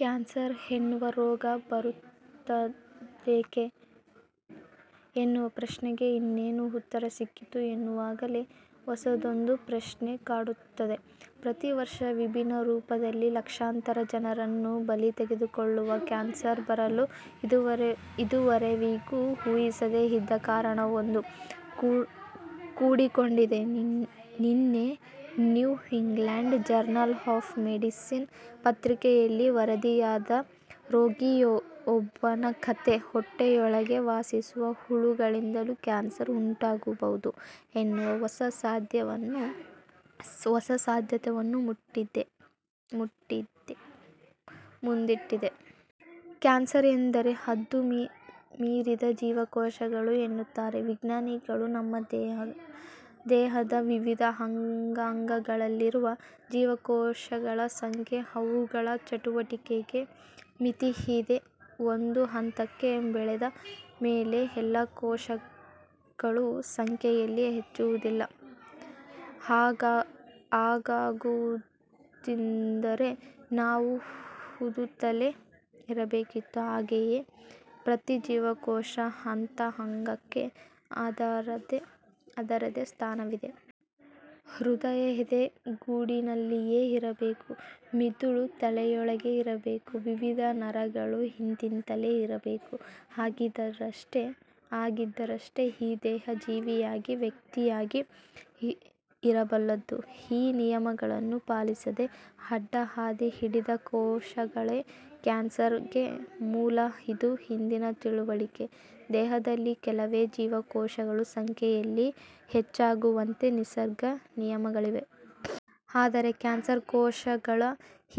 Cancer ಎನ್ನುವ ರೋಗ ಬರುತ್ತದೇಕೆ ಎನ್ನುವ ಪ್ರಶ್ನೆಗೆ ಇನ್ನೇನು ಉತ್ತರ ಸಿಕ್ಕಿತು ಎನ್ನುವಾಗಲೇ ಹೊಸದೊಂದು ಪ್ರಶ್ನೆ ಕಾಡುತ್ತದೆ. ಪ್ರತಿ ವರ್ಷ ವಿಭಿನ್ನ ರೂಪದಲ್ಲಿ ಲಕ್ಷಾಂತರ ಜನರನ್ನು ಬಲಿ ತೆಗೆದುಕೊಳ್ಳುವ ಕ್ಯಾನ್ಸರ್ ಬರಲು ಇದುವರೆವಿಗೂ ಊಹಿಸದೇ ಇದ್ದ ಕಾರಣವೊಂದು ಕೂಡಿಕೊಂಡಿದೆ. ನಿನ್ನೆ New England Journal of Medicine ಪತ್ರಿಕೆಯಲ್ಲಿ ವರದಿಯಾದ ರೋಗಿಯೊಬ್ಬನ ಕಥೆ ಹೊಟ್ಟೆಯೊಳಗೆ ವಾಸಿಸುವ ಹುಳುಗಳಿಂದಲೂ ಕ್ಯಾನ್ಸರ್ ಉಂಟಾಗಬಹುದು ಎನ್ನುವ ಹೊಸ ಸಾಧ್ಯತೆಯನ್ನು ಮುಂದಿಟ್ಟಿದೆ. ಕ್ಯಾನ್ಸರ್ ಎಂದರೆ ಹದ್ದು ಮೀರಿದ ಜೀವಕೋಶಗಳು ಎನ್ನುತ್ತಾರೆ ವಿಜ್ಞಾನಿಗಳು. ನಮ್ಮ ದೇಹದ ವಿವಿಧ ಅಂಗಗಳಲ್ಲಿರುವ ಜೀವಕೋಶಗಳ ಸಂಖ್ಯೆ, ಅವುಗಳ ಚಟುವಟಿಕೆಗೆ ಮಿತಿಯಿದೆ. ಒಂದು ಹಂತಕ್ಕೆ ಬೆಳೆದ ಮೇಲೆ ಎಲ್ಲ ಕೋಶಗಳೂ ಸಂಖ್ಯೆಯಲ್ಲಿ ಹೆಚ್ಚುವುದಿಲ್ಲ. ಹಾಗಾಗುವುದಿದ್ದರೆ ನಾವು ಊದುತ್ತಲೇ ಇರಬೇಕಿತ್ತು. ಹಾಗೆಯೇ ಪ್ರತಿ ಜೀವಕೋಶ ಅಥವಾ ಅಂಗಕ್ಕೆ ಅದರದ್ದೇ ಸ್ಥಾನವಿದೆ. ಹೃದಯ ಎದೆಗೂಡಿನಲ್ಲಿಯೇ ಇರಬೇಕು. ಮಿದುಳು ತಲೆಯೊಳಗೇ ಇರಬೇಕು. ವಿವಿಧ ನರಗಳು ಇಂತಿಂತಲ್ಲೇ ಇರಬೇಕು. ಹಾಗಿದ್ದರಷ್ಟೆ ಈ ದೇಹ ಜೀವಿಯಾಗಿ, ವ್ಯಕ್ತಿಯಾಗಿ ಇರಬಲ್ಲುದು. ಈ ನಿಯಮಗಳನ್ನು ಪಾಲಿಸದೆ ಅಡ್ಡಹಾದಿ ಹಿಡಿದ ಕೋಶಗಳೇ ಕ್ಯಾನ್ಸರ್ ಗೆ ಮೂಲ. ಇದು ಇಂದಿನ ತಿಳುವಳಿಕೆ. ದೇಹದಲ್ಲಿ ಕೆಲವೇ ಜೀವಕೋಶಗಳು ಸಂಖ್ಯೆಯಲ್ಲಿ ಹೆಚ್ಚಾಗುವಂತೆ ನಿಸರ್ಗ ನಿಯಮಗಳಿವೆ. ಆದರೆ ಕ್ಯಾನ್ಸರ್ ಕೋಶಗಳು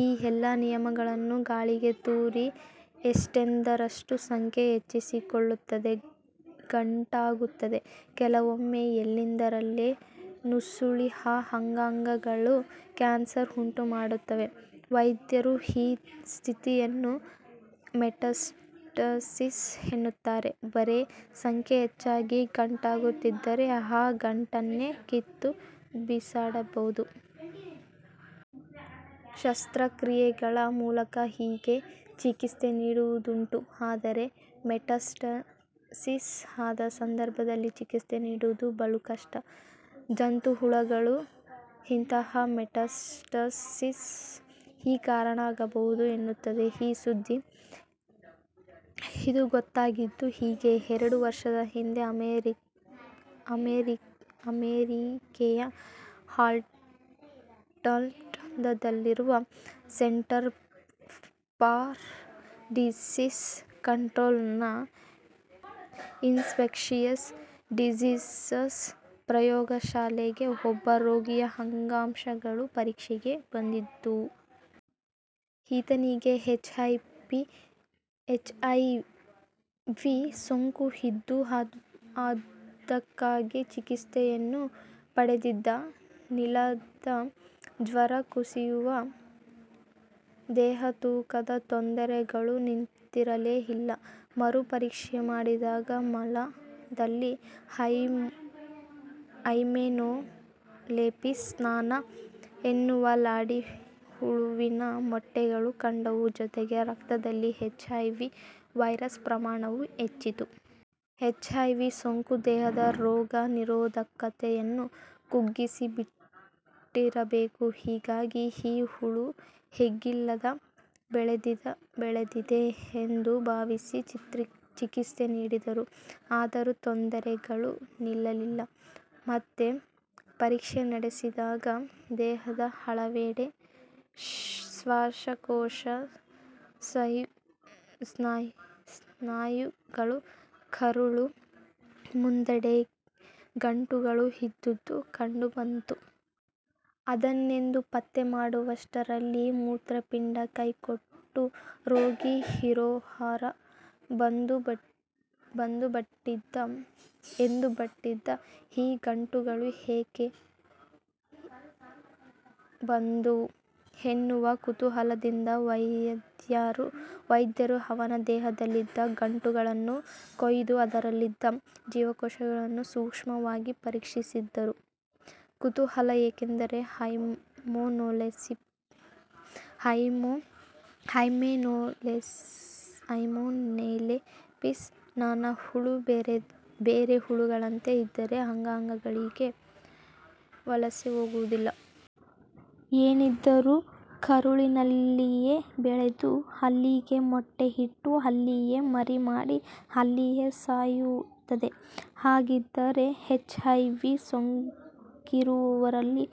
ಈ ಎಲ್ಲ ನಿಯಮಗಳನ್ನೂ ಗಾಳಿಗೆ ತೂರಿ ಎಷ್ಟೆಂದರಷ್ಟು ಸಂಖ್ಯೆ ಹೆಚ್ಚಿಸಿಕೊಳ್ಳುತ್ತವೆ, ಗಂಟಾಗುತ್ತವೆ. ಕೆಲವೊಮ್ಮೆ ಎಲ್ಲೆಂದರಲ್ಲಿ ನುಸುಳಿ ಆ ಅಂಗಗಳಲ್ಲೂ ಕ್ಯಾನ್ಸರ್ ಉಂಟು ಮಾಡುತ್ತವೆ. ವೈದ್ಯರು ಈ ಸ್ಥಿತಿಯನ್ನು ಮೆಟಾಸ್ಟಾಸಿಸ್ ಎನ್ನುತ್ತಾರೆ. ಬರೇ ಸಂಖ್ಯೆ ಹೆಚ್ಚಾಗಿ ಗಂಟಾಗುತ್ತಿದ್ದರೆ, ಆ ಗಂಟನ್ನೇ ಕಿತ್ತು ಬಿಸಾಡಬಹುದು. ಶಸ್ತ್ರಕ್ರಿಯೆಗಳ ಮೂಲಕ ಹೀಗೆ ಚಿಕಿತ್ಸೆ ನೀಡುವುದುಂಟು. ಆದರೆ ಮೆಟಾಸ್ಟಾಸಿಸ್ ಆದ ಸಂದರ್ಭದಲ್ಲಿ ಚಿಕಿತ್ಸೆ ನೀಡುವುದು ಬಲು ಕಷ್ಟ. ಜಂತುಹುಳುಗಳೂ ಇಂತಹ ಮೆಟಾಸ್ಟಾಸಿಸ್ ಗೆ ಕಾರಣವಾಗಬಹುದು ಎನ್ನುತ್ತದೆ ಈ ಸುದ್ದಿ. ಇದು ಗೊತ್ತಾಗಿದ್ದು ಹೀಗೆ. ಎರಡು ವರ್ಷದ ಹಿಂದೆ, ಅಮೆರಿಕೆಯ ಅಟ್ಲಾಂಟಾದಲ್ಲಿರುವ ಸೆಂಟರ್ ಫಾರ್ ಡಿಸೀಸ್ ಕಂಟ್ರೋಲ್ ನ ಇನ್ಫೆಕ್ಶಿಯಸ್ ಡಿಸೀಸಸ್ ಪ್ರಯೋಗಶಾಲೆಗೆ ಒಬ್ಬ ರೋಗಿಯ ಅಂಗಾಂಶಗಳು ಪರೀಕ್ಷೆಗೆ ಬಂದಿದ್ದುವು. ಈತನಿಗೆ ಎಚ್ ಐ ವಿ. ಸೋಂಕು ಇದ್ದು ಅದಕ್ಕಾಗಿ ಚಿಕಿತ್ಸೆಯನ್ನೂ ಪಡೆದಿದ್ದ. ನಿಲ್ಲದ ಜ್ವರ, ಕುಸಿಯುವ ದೇಹತೂಕದ ತೊಂದರೆಗಳು ನಿಂತಿರಲೇ ಇಲ್ಲ. ಮರು ಪರೀಕ್ಷೆ ಮಾಡಿದಾಗ ಮಲದಲ್ಲಿ ಹೈಮೆನೋಲೆಪಿಸ್ ನಾನಾ ಎನ್ನುವ ಲಾಡಿಹುಳುವಿನ ಮೊಟ್ಟೆಗಳು ಕಂಡುವು. ಜೊತೆಗೆ ರಕ್ತದಲ್ಲಿ ಎಚ್ ಐ ವಿ. ವೈರಸ್ ಪ್ರಮಾಣವೂ ಹೆಚ್ಚಿತ್ತು. H I V. ಸೋಂಕು ದೇಹದ ರೋಗ ನಿರೋಧಕತೆಯನ್ನು ಕುಗ್ಗಿಸಿಬಿಟ್ಟಿರಬೇಕು. ಹೀಗಾಗಿ ಈ ಹುಳು ಎಗ್ಗಿಲ್ಲದೆ ಬೆಳೆದಿದೆ ಎಂದು ಭಾವಿಸಿ ಚಿಕಿತ್ಸೆ ನೀಡಿದರು. ಆದರೂ ತೊಂದರೆಗಳು ನಿಲ್ಲಲಿಲ್ಲ. ಮತ್ತೆ ಪರೀಕ್ಷೆ ನಡೆಸಿದಾಗ ದೇಹದ ಹಲವೆಡೆ, ಶ್ವಾಸಕೋಶ, ಸ್ನಾಯುಗಳು, ಕರುಳು ಮುಂತಾದೆಡೆ ಗಂಟುಗಳು ಇದ್ದುದು ಕಂಡು ಬಂತು. ಅದೇನೆಂದು ಪತ್ತೆ ಮಾಡುವಷ್ಟರಲ್ಲಿ ಮೂತ್ರಪಿಂಡ ಕೈಕೊಟ್ಟು ರೋಗಿ ಹರೋಹರ ಎಂದುಬಟ್ಟಿದ್ದ. ಈ ಗಂಟುಗಳು ಏಕೆ ಬಂದುವು ಎನ್ನುವ ಕುತೂಹಲದಿಂದ ವೈದ್ಯರು ಅವನ ದೇಹದಲ್ಲಿದ್ದ ಗಂಟುಗಳನ್ನು ಕೊಯ್ದು ಅದರಲ್ಲಿದ್ದ ಜೀವಕೋಶಗಳನ್ನು ಸೂಕ್ಷ್ಮವಾಗಿ ಪರೀಕ್ಷಿಸಿದರು. ಕುತೂಹಲ ಏಕೆಂದರೆ ಹೈಮೆನೊಲೆಪಿಸ್ ನಾನಾ ಹುಳು ಬೇರೆ ಹುಳುಗಳಂತೆ ಇತರೆ ಅಂಗಗಳಿಗೆ ವಲಸೆ ಹೋಗುವುದಿಲ್ಲ. ಏನಿದ್ದರೂ ಕರುಳಿನಲ್ಲಿಯೇ ಬೆಳೆದು, ಅಲ್ಲಿಯೇ ಮೊಟ್ಟೆಯಿಟ್ಟು, ಅಲ್ಲಿಯೇ ಮರಿ ಮಾಡಿ, ಅಲ್ಲಿಯೇ ಸಾಯುತ್ತದೆ. ಹಾಗಿದ್ದರೆ ಎಚ್ ಐ ವಿ ಸೋಂಕಿರುವವರಲ್ಲಿ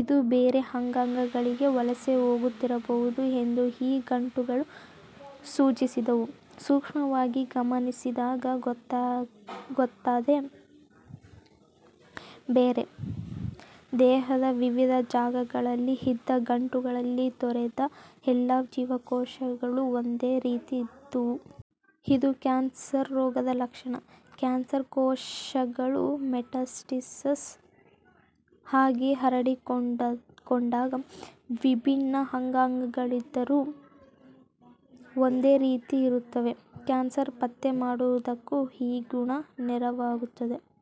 ಇದು ಬೇರೆ ಅಂಗಗಳಿಗೆ ವಲಸೆ ಹೋಗುತ್ತಿರಬಹುದು ಎಂದು ಈ ಗಂಟುಗಳು ಸೂಚಿಸಿದ್ದವು. ಸೂಕ್ಷ್ಮವಾಗಿ ಗಮನಿಸಿದಾಗ ಗೊತ್ತಾದ್ದೇ ಬೇರೆ. ದೇಹದ ವಿವಿಧ ಜಾಗಗಳಲ್ಲಿ ಇದ್ದ ಗಂಟುಗಳಲ್ಲಿ ದೊರೆತ ಎಲ್ಲ ಜೀವಕೋಶಗಳೂ ಒಂದೇ ರೀತಿ ಇದ್ದುವು. ಇದು ಕ್ಯಾನ್ಸರ್ ರೋಗದ ಲಕ್ಷಣ. ಕ್ಯಾನ್ಸರ್ ಕೋಶಗಳು ಮೆಟಾಸ್ಟಾಸಿಸ್ ಆಗಿ ಹರಡಿಕೊಂಡಾಗ ವಿಭಿನ್ನ ಅಂಗಗಳಲ್ಲಿದ್ದರೂ ಒಂದೇ ರೀತಿ ಇರುತ್ತವೆ. ಕ್ಯಾನ್ಸರ್ ಪತ್ತೆ ಮಾಡುವುದಕ್ಕೂ ಈ ಗುಣ ನೆರವಾಗುತ್ತದೆ.